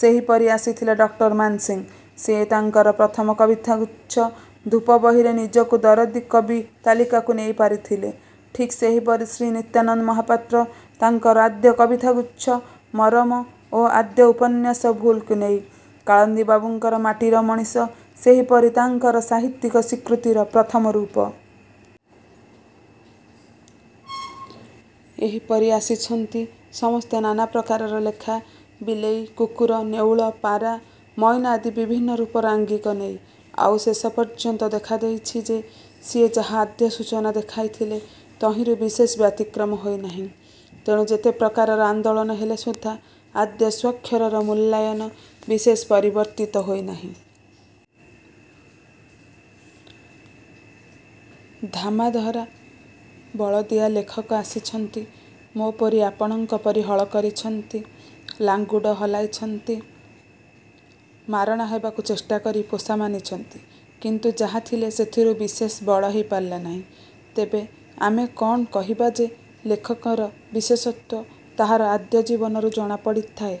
ସେହିପରି ଆସିଥିଲେ ଡକ୍ଟର ମାନସିଂହ। ସେ ତାଙ୍କର ପ୍ରଥମ କବିତାଗୁଚ୍ଛ ଧୂପ ବହିରେ ନିଜକୁ ଦରଦୀ କବି ତାଲିକାକୁ ନେଇ ପାରିଥିଲେ। ଠିକ୍ ସେହିପରି ଶ୍ରୀ ନିତ୍ୟାନନ୍ଦ ମହାପାତ୍ର ତାଙ୍କର ଆଦ୍ୟ କବିତାଗୁଚ୍ଛ 'ମରମ' ଓ ଆଦ୍ୟ ଉପନ୍ୟାସ ଭୁଲ୍ କୁ ନେଇ। କାଳିନ୍ଦୀ ବାବୁଙ୍କର ମାଟିର ମଣିଷ ସେହିପରି ତାଙ୍କର ସାହିତ୍ୟିକ ସ୍ୱୀକୃତିର ପ୍ରଥମ ରୂପ-। ଏହିପରି ଆସିଛନ୍ତି ସମସ୍ତେ ନାନାପ୍ରକାରର ଲେଖା-ବିଲେଇ, କୁକୁର, ନେଉଳ, ପାରା, ମଇନା ଆଦି ବିଭିନ୍ନ ରୂପର ଆଙ୍ଗିକ ନେଇ। ଆଉ ଶେଷ ପର୍ଯ୍ୟନ୍ତ ଦେଖା ଦେଇଛି ଯେ ସିଏ ଯାହା ଆଦ୍ୟ ସୂଚନା ଦେଖାଇଥିଲେ ତହିଁରୁ ବିଶେଷ ବ୍ୟତିକ୍ରମ ହୋଇନାହିଁ। ତେଣୁ ଯେତେ ପ୍ରକାରର ଆନ୍ଦୋଳନ ହେଲେ ସୁଦ୍ଧା ଆଦ୍ୟ ସ୍ୱାକ୍ଷରର ମୂଲ୍ୟାୟନ ବିଶେଷ ପରିବର୍ତ୍ତିତ ହୋଇନାହିଁ। ଧାମାଧରା ବଳଦିଆ ଲେଖକ ଆସିଛନ୍ତି। ମୋ'ପରି ଆପଣଙ୍କ ପରି ହଳ କରିଛନ୍ତି। ଲାଙ୍ଗୁଡ଼ ହଲାଇଛନ୍ତି। ମାରଣା ହେବାକୁ ଚେଷ୍ଟା କରି ପୋଷା ମାନିଛନ୍ତି। କିନ୍ତୁ ଯାହା ଥିଲେ ସେଥିରୁ ବିଶେଷ ବଡ଼ ହେଇ ପାରିଲେ ନାହିଁ। ତେବେ ଆମେ କ'ଣ କହିବା ଯେ ଲେଖକର ବିଶେଷତ୍ୱ ତାହାର ଆଦ୍ୟ ଜୀବନରୁ ଜଣାପଡ଼ିଥାଏ?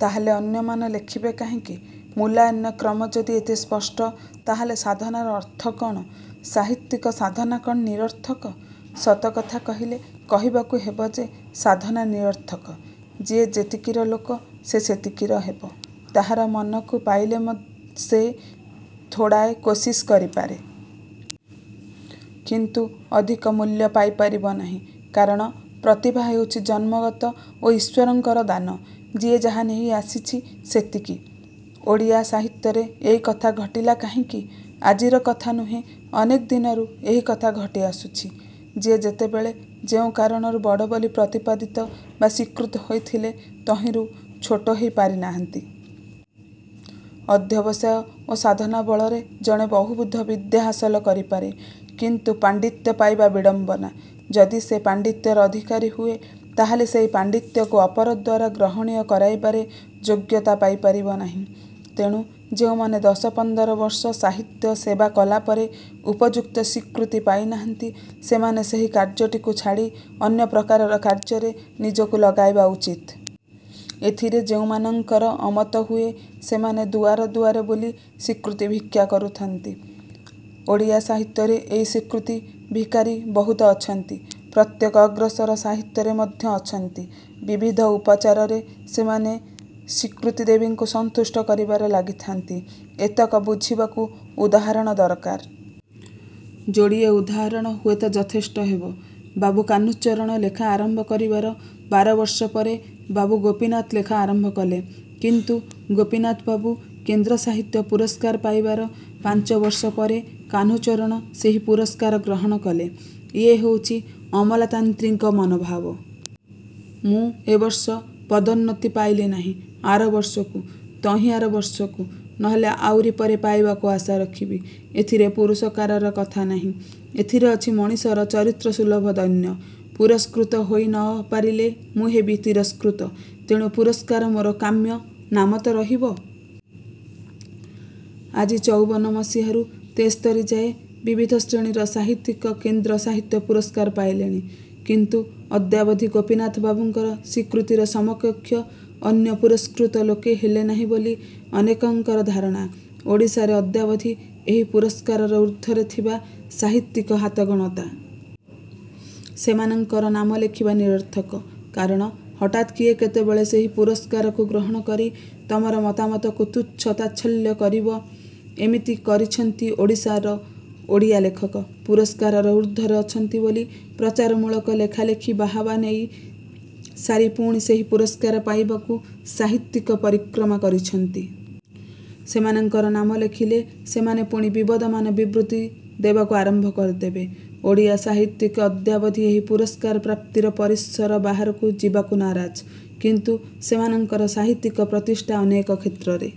ତାହାହେଲେ ଅନ୍ୟମାନ ଲେଖିବେ କାହିଁକି? ମୂଲ୍ୟୟନର କ୍ରମ ଯଦି ଏତେ ସ୍ପଷ୍ଟ ତାହାହେଲେ ସାଧନାର ଅର୍ଥ କ'ଣ? ସାହିତ୍ୟିକ ସାଧନା କ'ଣ ନିରର୍ଥକ। ସତକଥା କହିଲେ କହିବାକୁ ହେବ ଯେ ସାଧନା ନିରର୍ଥକ। ଯିଏ ଯେତିକିର ଲୋକ ସେ ସେତିକିର ହେବ। ତାହାର ମନକୁ ପାଇଲେ ସେ ଥୋଡ଼ାଏ କୋସିସ୍ କରିପାରେ। କିନ୍ତୁ ଅଧିକ ମୂଲ୍ୟ ପାଇପାରିବ ନାହିଁ। କାରଣ ପ୍ରତିଭା ହେଉଛି ଜନ୍ମଗତ ଓ ଈଶ୍ୱରଙ୍କର ଦାନ। ଯିଏ ଯାହା ନେଇ ଆସିଛି-ସେତିକି। ଓଡ଼ିଆ ସାହିତ୍ୟରେ ଏଇକଥା ଘଟିଲା କାହିଁକି? ଆଜିର କଥା ନୁହେଁ-ଅନେକ ଦିନରୁ ଏହିକଥା ଘଟି ଆସୁଛି। ଯିଏ ଯେତେବେଳେ ଯେଉଁ କାରଣରୁ ବଡ଼ ବୋଲି ପ୍ରତିପାଦିତ ବା ସ୍ୱୀକୃତ ହୋଇଥିଲେ ତହିଁରୁ ଛୋଟ ହେଇ ପାରିନାହାନ୍ତି। ଅଧ୍ୟବସାୟ ଓ ସାଧନା ବଳରେ ଜଣେ ବହୁବିଧ ବିଦ୍ୟା ହାସଲ କରିପାରେ। କିନ୍ତୁ ପାଣ୍ତିତ୍ୟ ପାଇବା ବିଡ଼ମ୍ବନା। ଯଦି ସେ ପାଣ୍ତିତ୍ୟର ଅଧିକାରୀ ହୁଏ ତାହାହେଲେ ସେହି ପାଣ୍ତିତ୍ୟକୁ ଅପର ଦ୍ୱାରା ଗ୍ରହଣୀୟ କରାଇବାରେ ଯୋଗ୍ୟତା ପାଇ ପାରିବ ନାହିଁ। ତେଣୁ ଯେଉଁମାନେ ଦଶ ପନ୍ଦରବର୍ଷ ସାହିତ୍ୟ ସେବା କଲାପରେ ଉପଯୁକ୍ତ ସ୍ୱୀକୃତି ପାଇନାହାନ୍ତି ସେମାନେ ସେହି କାର୍ଯ୍ୟଟିକୁ ଛାଡ଼ି ଅନ୍ୟ ପ୍ରକାରର କାର୍ଯ୍ୟରେ ନିଜକୁ ଲଗାଇବା ଉଚିତ୍। ଏଥିରେ ଯେଉଁମାନଙ୍କର ଅମତ ହୁଏ ସେମାନେ ଦୁଆର ଦୁଆର ବୁଲି ସ୍ୱୀକୃତି ଭିକ୍ଷା କରୁଥାନ୍ତି। ଓଡ଼ିଆ ସାହିତ୍ୟରେ ଏଇ ସ୍ୱୀକୃତି ଭିକାରୀ ବହୁତ ଅଛନ୍ତି। ପ୍ରତ୍ୟେକ ଅଗ୍ରସର ସାହିତ୍ୟରେ ମଧ୍ୟ ଅଛନ୍ତି। ବିବିଧ ଉପଚାରରେ ସେମାନେ ସ୍ୱୀକୃତିଦେବୀଙ୍କୁ ସନ୍ତୁଷ୍ଟ କରିବାରେ ଲାଗିଥାନ୍ତି। ଏତକ ବୁଝିବାକୁ ଉଦାହରଣ ଦରକାର। ଯୋଡ଼ିଏ ଉଦାହରଣ ହୁଏ ତ ଯଥେଷ୍ଟ ହେବ-। ବାବୁ କାହ୍ନୁଚରଣ ଲେଖା ଆରମ୍ଭ କରିବାର ବାରବର୍ଷ ପରେ ବାବୁ ଗୋପୀନାଥ ଲେଖା ଆରମ୍ଭ କଲେ। କିନ୍ତୁ ଗୋପୀନାଥବାବୁ କେନ୍ଦ୍ର ସାହିତ୍ୟ ପୁରସ୍କାର ପାଇବାର ପାଞ୍ଚବର୍ଷ ପରେ କାହ୍ନୁଚରଣ ସେହି ପୁରସ୍କାର ଗ୍ରହଣ କଲେ। ଇଏ ହେଉଛି ଅମଲାତାନ୍ତ୍ରିକ ମନୋଭାବ। ମୁଁ ଏବର୍ଷ ପଦୋନ୍ନତି ପାଇଲି ନାହିଁ-ଆର ବର୍ଷକୁ-ତହିଁଆର ବର୍ଷକୁ-ନ ହେଲେ ଆଉରି ପରେ ପାଇବାକୁ ଆଶା ରଖିବି। ଏଥିରେ ପୁରୁଷକାରର କଥା ନାହିଁ। ଏଥିରେ ଅଛି ମଣିଷର ଚରିତ୍ରସୁଲଭ ଦୈନ୍ୟ। ପୁରସ୍କୃତ ହୋଇ ନ ପାରିଲେ ମୁଁ ହେବି ତିରସ୍କୃତ। ତେଣୁ ପୁରସ୍କାର ମୋର କାମ୍ୟ-ନାମ ରହିବ ତ। ଆଜି ଚଉବନ ମସିହାରୁ ତେସ୍ତରୀ ଯାଏ ବିବିଧ ଶ୍ରେଣୀର ସାହିତ୍ୟିକ କେନ୍ଦ୍ର ସାହିତ୍ୟ ପୁରସ୍କାର ପାଇଲେଣି। କିନ୍ତୁ ଅଦ୍ୟାବଧି ଗୋପୀନାଥ ବାବୁଙ୍କର ସ୍ୱୀକୃତିର ସମକକ୍ଷ ଅନ୍ୟ ପୁରସ୍କୃତ ଲୋକେ ହେଲେ ନାହିଁ ବୋଲି ଅନେକଙ୍କର ଧାରଣା। ଓଡ଼ିଶାରେ ଅଦ୍ୟାବଧି ଏହି ପୁରସ୍କାରର ଊର୍ଦ୍ଧ୍ୱରେ ଥିବା ସାହିତ୍ୟିକ ହାତଗଣତା। ସେମାନଙ୍କର ନାମ ଲେଖିବା ନିରର୍ଥକ। କାରଣ ହଠାତ୍ କିଏ କେତେବେଳେ ସେହି ପୁରସ୍କାରକୁ ଗ୍ରହଣ କରି ତମର ମତାମତକୁ ତୁଚ୍ଛ ତାଚ୍ଛଲ୍ୟ କରିବ। ଏମିତି କରିଛନ୍ତି ଓଡ଼ିଶାର ଓଡ଼ିଆ ଲେଖକ। ପୁରସ୍କାରର ଊର୍ଦ୍ଧ୍ୱରେ ଅଛନ୍ତି ବୋଲି ପ୍ରଚାରମୂଳକ ଲେଖା ଲେଖି ବାହାବା ନେଇ ସାରି ପୁଣି ସେହି ପୁରସ୍କାର ପାଇବାକୁ ସାହିତ୍ୟିକ ପରିକ୍ରମା କରିଛନ୍ତି। ସେମାନଙ୍କର ନାମ ଲେଖିଲେ ସେମାନେ ପୁଣି ବିବଦମାନ ବିବୃତି ଦେବାକୁ ଆରମ୍ଭ କରିଦେବେ। ଓଡ଼ିଆ ସାହିତ୍ୟିକ ଅଦ୍ୟାବଧି ଏହି ପୁରସ୍କାର ପ୍ରାପ୍ତିର ପରିସର ବାହାରକୁ ଯିବାକୁ ନାରାଜ। କିନ୍ତୁ ସେମାନଙ୍କର ସାହିତ୍ୟିକ ପ୍ରତିଷ୍ଠା ଅନେକ କ୍ଷେତ୍ରରେ।